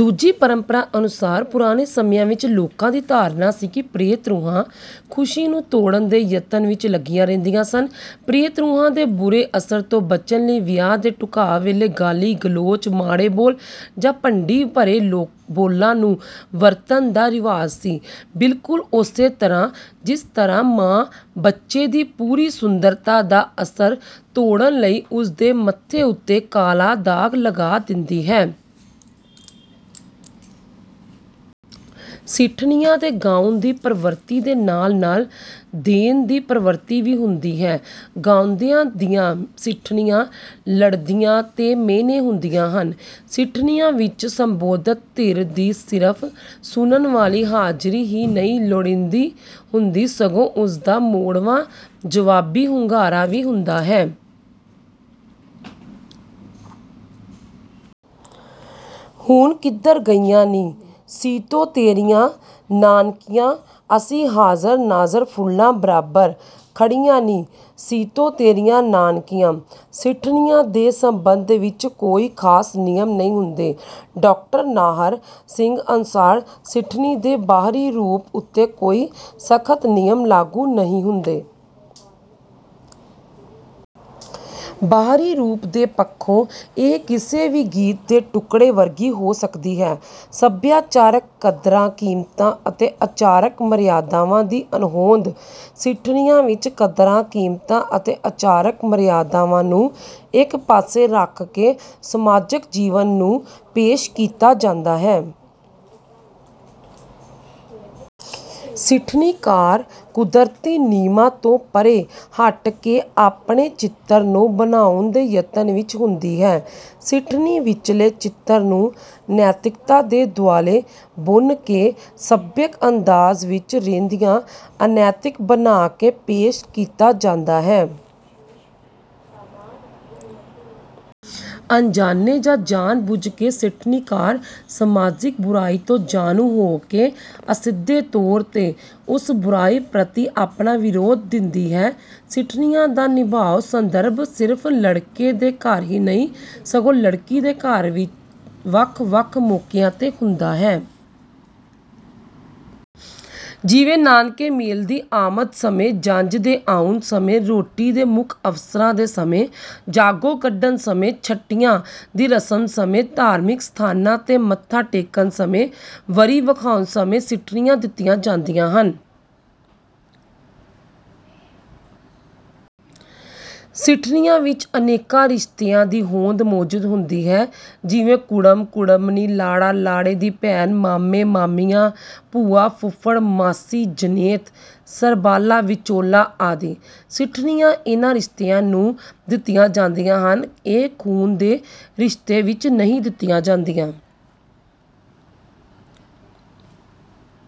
ਦੂਜੀ ਪਰੰਪਰਾ ਅਨੁਸਾਰ ਪੁਰਾਣੇ ਸਮਿਆਂ ਵਿਚ ਲੋਕਾਂ ਦੀ ਧਾਰਨਾ ਸੀ ਕਿ ਪ੍ਰੇਤ ਰੂਹਾਂ ਖੁਸ਼ੀ ਨੂੰ ਤੋੜਨ ਦੇ ਯਤਨ ਵਿੱਚ ਲੱਗੀਆਂ ਰਹਿੰਦੀਆਂ ਸਨ। ਪ੍ਰੇਤ ਰੂਹਾਂ ਦੇ ਬੁਰੇ ਅਸਰ ਤੋਂ ਬਚਣ ਲਈ ਵਿਆਹ ਦੇ ਢੁਕਾਅ ਵੇਲੇ ਗਾਲੀ, ਗਲੋਚ, ਮਾੜੇ ਬੋਲ, ਜਾਂ ਭੰਡੀ ਭਰੇ ਬੋਲਾਂ ਨੂੰ ਵਰਤਣ ਦਾ ਰਿਵਾਜ਼ ਸੀ, ਬਿਲਕੁਲ ਉਸੇ ਤਰ੍ਹਾਂ ਜਿਸ ਤਰ੍ਹਾਂ ਮਾਂ ਬੱਚੇ ਦੀ ਪੂਰੀ ਸੁੰਦਰਤਾ ਦਾ ਅਸਰ ਤੋੜਨ ਲਈ ਉਸ ਦੇ ਮੱਥੇ ਉੱਤੇ ਕਾਲਾ ਦਾਗ ਲਗਾ ਦਿੰਦੀ ਹੈ। ਸਿੱਠਣੀਆਂ ਦੇ ਗਾਉਣ ਦੀ ਪ੍ਰਵਿਰਤੀ ਦੇ ਨਾਲ ਨਾਲ 'ਦੇਣ' ਦੀ ਪ੍ਰਵਿਰਤੀ ਵੀ ਹੁੰਦੀ ਹੈ। ਗਾਉਂਦੀਆਂ ਦੀਆਂ ਸਿੱਠਣੀਆਂ ਲੜਦੀਆਂ ਦੇ ਮੇਹਣੇ ਹੁੰਦੀਆਂ ਹਨ। ਸਿੱਠਣੀਆਂ ਵਿੱਚ ਸੰਬੋਧਤ ਧਿਰ ਦੀ ਸਿਰਫ ਸੁਣਨ ਵਾਲੀ ਹਾਜ਼ਰੀ ਹੀ ਨਹੀਂ ਲੋੜੀਂਦੀ ਹੁੰਦੀ ਸਗੋਂ ਉਸਦਾ ਮੋੜਵਾਂ ਜਵਾਬੀ ਹੁੰਗਾਰਾ ਵੀ ਹੁੰਦਾ ਹੈ। ਹੁਣ ਕਿਧਰ ਗਈਆਂ ਨੀ ਸੀਤੋ ਤੇਰੀਆਂ ਨਾਨਕੀਆਂ, ਅਸੀਂ ਹਾਜ਼ਰ ਨਾਜ਼ਰ ਫੁੱਲਾਂ ਬਰਾਬਰ ਖੜੀਆਂ ਨੀ ਸੀਤੋ ਤੇਰੀਆਂ ਨਾਨਕੀਆਂ। ਸਿੱਠਣੀਆਂ ਦੇ ਸਬੰਧ ਵਿੱਚ ਕੋਈ ਖਾਸ ਨਿਯਮ ਨਹੀਂ ਹੁੰਦੇ। ਡਾਕਟਰ ਨਾਹਰ ਸਿੰਘ ਅਨੁਸਾਰ ਸਿੱਠਣੀ ਦੇ ਬਾਹਰੀ ਰੂਪ ਉੱਤੇ ਕੋਈ ਸਖ਼ਤ ਨਿਯਮ ਲਾਗੂ ਨਹੀਂ ਹੁੰਦੇ। ਬਾਹਰੀ ਰੂਪ ਦੇ ਪੱਖੋਂ ਇਹ ਕਿਸੇ ਵੀ ਗੀਤ ਦੇ ਟੁਕੜੇ ਵਰਗੀ ਹੋ ਸਕਦੀ ਹੈ। ਸੱਭਿਆਚਾਰਕ ਕਦਰਾਂ-ਕੀਮਤਾਂ ਅਤੇ ਆਚਾਰਕ ਮਰਿਆਦਾਵਾਂ ਦੀ ਅਣਹੋਂਦ: ਸਿੱਠਣੀਆਂ ਵਿੱਚ ਕਦਰਾਂ ਕੀਮਤਾਂ ਅਤੇ ਆਚਾਰਕ ਮਰਿਆਦਾਵਾਂ ਨੂੰ ਇੱਕ ਪਾਸੇ ਰੱਖ ਕੇ ਸਮਾਜਕ ਜੀਵਨ ਨੂੰ ਪੇਸ਼ ਕੀਤਾ ਜਾਂਦਾ ਹੈ। ਸਿੱਠਣੀਕਾਰ, ਕੁਦਰਤੀ ਨਿਯਮਾਂ ਤੋਂ ਪਰੇ ਹਟ ਕੇ ਆਪਣੇ ਚਿੱਤਰ ਨੂੰ ਬਣਾਉਣ ਦੇ ਯਤਨ ਵਿੱਚ ਹੁੰਦੀ ਹੈ। ਸਿੱਠਣੀ ਵਿੱਚਲੇ ਚਿੱਤਰ ਨੂੰ ਨੈਤਿਕਤਾ ਦੇ ਦੁਆਲੇ ਬੁਣ ਕੇ ਸਭਿਅਕ ਅੰਦਾਜ਼ ਵਿੱਚ ਰਹਿੰਦਿਆਂ ਅਨੈਤਿਕ ਬਣਾ ਕੇ ਪੇਸ਼ ਕੀਤਾ ਜਾਂਦਾ ਹੈ। ਅਣਜਾਣੇ ਜਾਂ ਜਾਣ ਬੁੱਝ ਕੇ ਸਿੱਠਣੀਕਾਰ ਸਮਾਜਿਕ ਬੁਰਾਈ ਤੋਂ ਜਾਣੂ ਹੋ ਕੇ ਅਸਿੱਧੇ ਤੌਰ ਤੇ ਉਸ ਬੁਰਾਈ ਪ੍ਰਤੀ ਆਪਣਾ ਵਿਰੋਧ ਦਿੰਦੀ ਹੈ। ਸਿੱਠਣੀਆਂ ਦਾ ਨਿਭਾਉ ਸੰਦਰਭ ਸਿਰਫ਼ ਲੜਕੇ ਦੇ ਘਰ ਹੀ ਨਹੀਂ ਸਗੋਂ ਲੜਕੀ ਦੇ ਘਰ ਵੀ ਵੱਖ-ਵੱਖ ਮੌਕਿਆਂ ਤੇ ਹੁੰਦਾ ਹੈ। ਜਿਵੇਂ ਨਾਨਕੇ ਮੇਲ ਦੀ ਆਮਦ ਸਮੇਂ, ਜੰਝ ਦੇ ਆਉਣ ਸਮੇਂ, ਰੋਟੀ ਦੇ ਮੁੱਖ ਅਵਸਰਾਂ ਦੇ ਸਮੇਂ, ਜਾਗੋ ਕੱਢਣ ਸਮੇਂ, ਛਟੀਆਂ ਦੀ ਰਸਮ ਸਮੇਂ, ਧਾਰਮਿਕ ਸਥਾਨਾਂ ਤੇ ਮੱਥਾ ਟੇਕਣ ਸਮੇਂ, ਵਰੀ ਵਿਖਾਉਣ ਸਮੇਂ ਸਿੱਠਣੀਆਂ ਦਿੱਤੀਆਂ ਜਾਂਦੀਆਂ ਹਨ। ਸਿੱਠਣੀਆਂ ਵਿੱਚ ਅਨੇਕਾਂ ਰਿਸ਼ਤਿਆਂ ਦੀ ਹੋਂਦ ਮੌਜੂਦ ਹੁੰਦੀ ਹੈ ਜਿਵੇਂ ਕੁੜਮ, ਕੁੜਮਣੀ, ਲਾੜਾ, ਲਾੜੇ ਦੀ ਭੈਣ, ਮਾਮੇ ਮਾਮੀਆਂ, ਭੂਆ, ਫੁਫੜ, ਮਾਸੀ, ਜਣੇਤ, ਸਰਬਾਲਾ, ਵਿਚੋਲਾ ਆਦਿ। ਸਿੱਠਣੀਆਂ ਇਹਨਾਂ ਰਿਸ਼ਤਿਆਂ ਨੂੰ ਦਿੱਤੀਆਂ ਜਾਂਦੀਆਂ ਹਨ। ਇਹ ਖੂਨ ਦੇ ਰਿਸ਼ਤੇ ਵਿੱਚ ਨਹੀਂ ਦਿੱਤੀਆਂ ਜਾਂਦੀਆਂ।